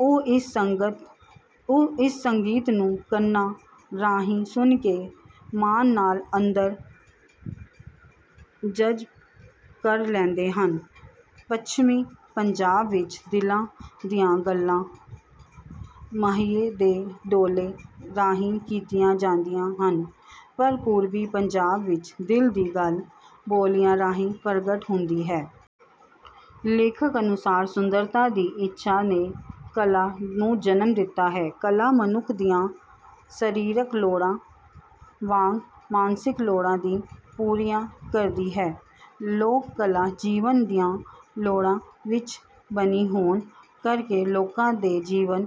ਉਹ ਇਸ ਸੰਗੀਤ ਨੂੰ ਕੰਨਾਂ ਰਾਹੀਂ ਸੁਣ ਕੇ ਮਾਣ ਨਾਲ ਅੰਦਰ ਜਜ਼ਬ ਕਰ ਲੈਂਦੇ ਹਨ। ਪੱਛਮੀ ਪੰਜਾਬ ਵਿੱਚ ਦਿਲਾਂ ਦੀਆਂ ਗੱਲਾਂ ਮਾਹੀਏ ਤੇ ਢੋਲੇ ਰਾਹੀਂ ਕੀਤੀਆਂ ਜਾਂਦੀਆਂ ਹਨ ਪਰ ਪੂਰਬੀ ਪੰਜਾਬ ਵਿੱਚ ਦਿਲ ਦੀ ਗੱਲ ਬੋਲੀਆਂ ਰਾਹੀਂ ਪ੍ਰਗਟ ਹੁੰਦੀ ਹੈ। ਲੇਖਕ ਅਨੁਸਾਰ ਸੁੰਦਰਤਾ ਦੀ ਇੱਛਾ ਨੇ ਕਲਾ ਨੂੰ ਜਨਮ ਦਿੱਤਾ ਹੈ। ਕਲਾ ਮਨੁੱਖ ਦੀਆਂ ਸਰੀਰਕ ਲੋੜਾਂ ਵਾਂਗ ਮਾਨਸਿਕ ਲੋੜਾਂ ਦੀ ਪੂਰੀਆਂ ਕਰਦੀ ਹੈ। ਲੋਕ ਕਲਾ ਜੀਵਨ ਦੀਆਂ ਲੋੜਾਂ ਵਿਚ ਬਣੀ ਹੋਣ ਕਰਕੇ ਲੋਕਾਂ ਦੇ ਜੀਵਨ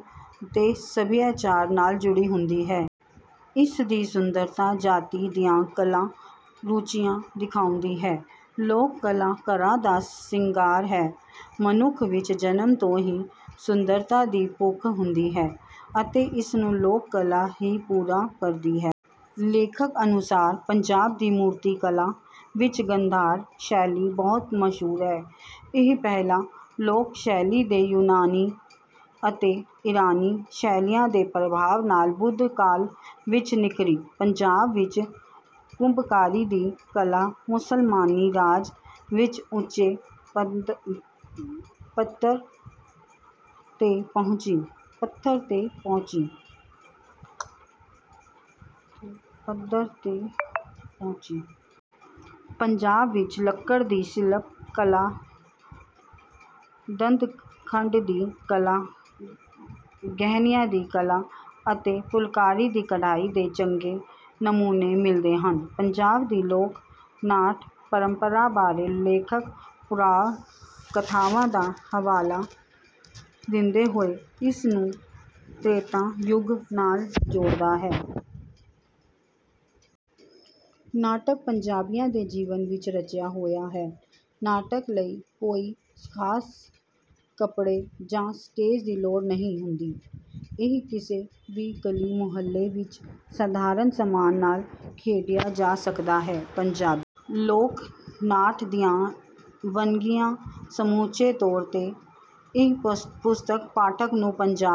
ਤੇ ਸੱਭਿਆਚਾਰ ਨਾਲ ਜੁੜੀ ਹੁੰਦੀ ਹੈ। ਇਸ ਦੀ ਸੁੰਦਰਤਾ ਜਾਤੀ ਦੀਆਂ ਕਲਾ ਰੁਚੀਆਂ ਦਿਖਾਉਂਦੀ ਹੈ। ਲੋਕ ਕਲਾ ਘਰਾਂ ਦਾ ਸ਼ਿੰਗਾਰ ਹੈ। ਮਨੁੱਖ ਵਿੱਚ ਜਨਮ ਤੋਂ ਹੀ ਸੁੰਦਰਤਾ ਦੀ ਭੁੱਖ ਹੁੰਦੀ ਹੈ ਅਤੇ ਇਸ ਨੂੰ ਲੋਕ ਕਲਾ ਹੀ ਪੂਰਾ ਕਰਦੀ ਹੈ। ਲੇਖਕ ਅਨੁਸਾਰ ਪੰਜਾਬ ਦੀ ਮੂਰਤੀ ਕਲਾ ਵਿੱਚ ਗੰਧਾਰ ਸ਼ੈਲੀ ਬਹੁਤ ਮਸ਼ਹੂਰ ਹੈ। ਇਹ ਪਹਿਲਾਂ ਲੋਕ ਸ਼ੈਲੀ ਦੇ ਯੂਨਾਨੀ ਅਤੇ ਈਰਾਨੀ ਸ਼ੈਲੀਆਂ ਦੇ ਪ੍ਰਭਾਵ ਨਾਲ ਬੁੱਧ ਕਾਲ ਵਿੱਚ ਨਿਖਰੀ। ਪੰਜਾਬ ਵਿੱਚ ਕੁੰਭਕਾਰੀ ਦੀ ਕਲਾ ਮੁਸਲਮਾਨੀ ਰਾਜ ਵਿੱਚ ਉੱਚੇ ਪੱਧਰ ਤੇ ਪਹੁੰਚੀ। ਪੰਜਾਬ ਵਿੱਚ ਲੱਕੜ ਦੀ ਸ਼ਿਲਪ ਕਲਾ ਦੰਦ-ਖੰਡ ਦੀ ਕਲਾ ਗਹਿਣਿਆਂ ਦੀ ਕਲਾ ਅਤੇ ਫੁਲਕਾਰੀ ਦੀ ਕਢਾਈ ਦੇ ਚੰਗੇ ਨਮੂਨੇ ਮਿਲਦੇ ਹਨ। ਪੰਜਾਬ ਦੀ ਲੋਕ ਨਾਟ ਪਰੰਪਰਾ ਬਾਰੇ ਲੇਖਕ ਪੁਰਾਣ ਕਥਾਵਾਂ ਦਾ ਹਵਾਲਾ ਦਿੰਦੇ ਹੋਏ ਇਸ ਨੂੰ ਤ੍ਰੇਤਾ ਯੁੱਗ ਨਾਲ ਜੋੜਦਾ ਹੈ। ਨਾਟਕ ਪੰਜਾਬੀਆਂ ਦੇ ਜੀਵਨ ਵਿੱਚ ਰਚਿਆ ਹੋਇਆ ਹੈ। ਨਾਟਕ ਲਈ ਕੋਈ ਖਾਸ ਕੱਪੜੇ ਜਾਂ ਸਟੇਜ ਦੀ ਲੋੜ ਨਹੀਂ ਹੁੰਦੀ ਇਹ ਕਿਸੇ ਵੀ ਗਲੀ ਮੁਹੱਲੇ ਵਿੱਚ ਸਾਧਾਰਨ ਸਮਾਨ ਨਾਲ ਖੇਡਿਆ ਜਾ ਸਕਦਾ ਹੈ। ਪੰਜਾਬੀ ਲੋਕ ਨਾਟ ਦੀਆਂ ਵੰਨਗੀਆਂ ਸਮੁੱਚੇ ਤੌਰ ਤੇ ਇਹ ਪੁਸਤਕ ਪਾਠਕ ਨੂੰ ਪੰਜਾਬ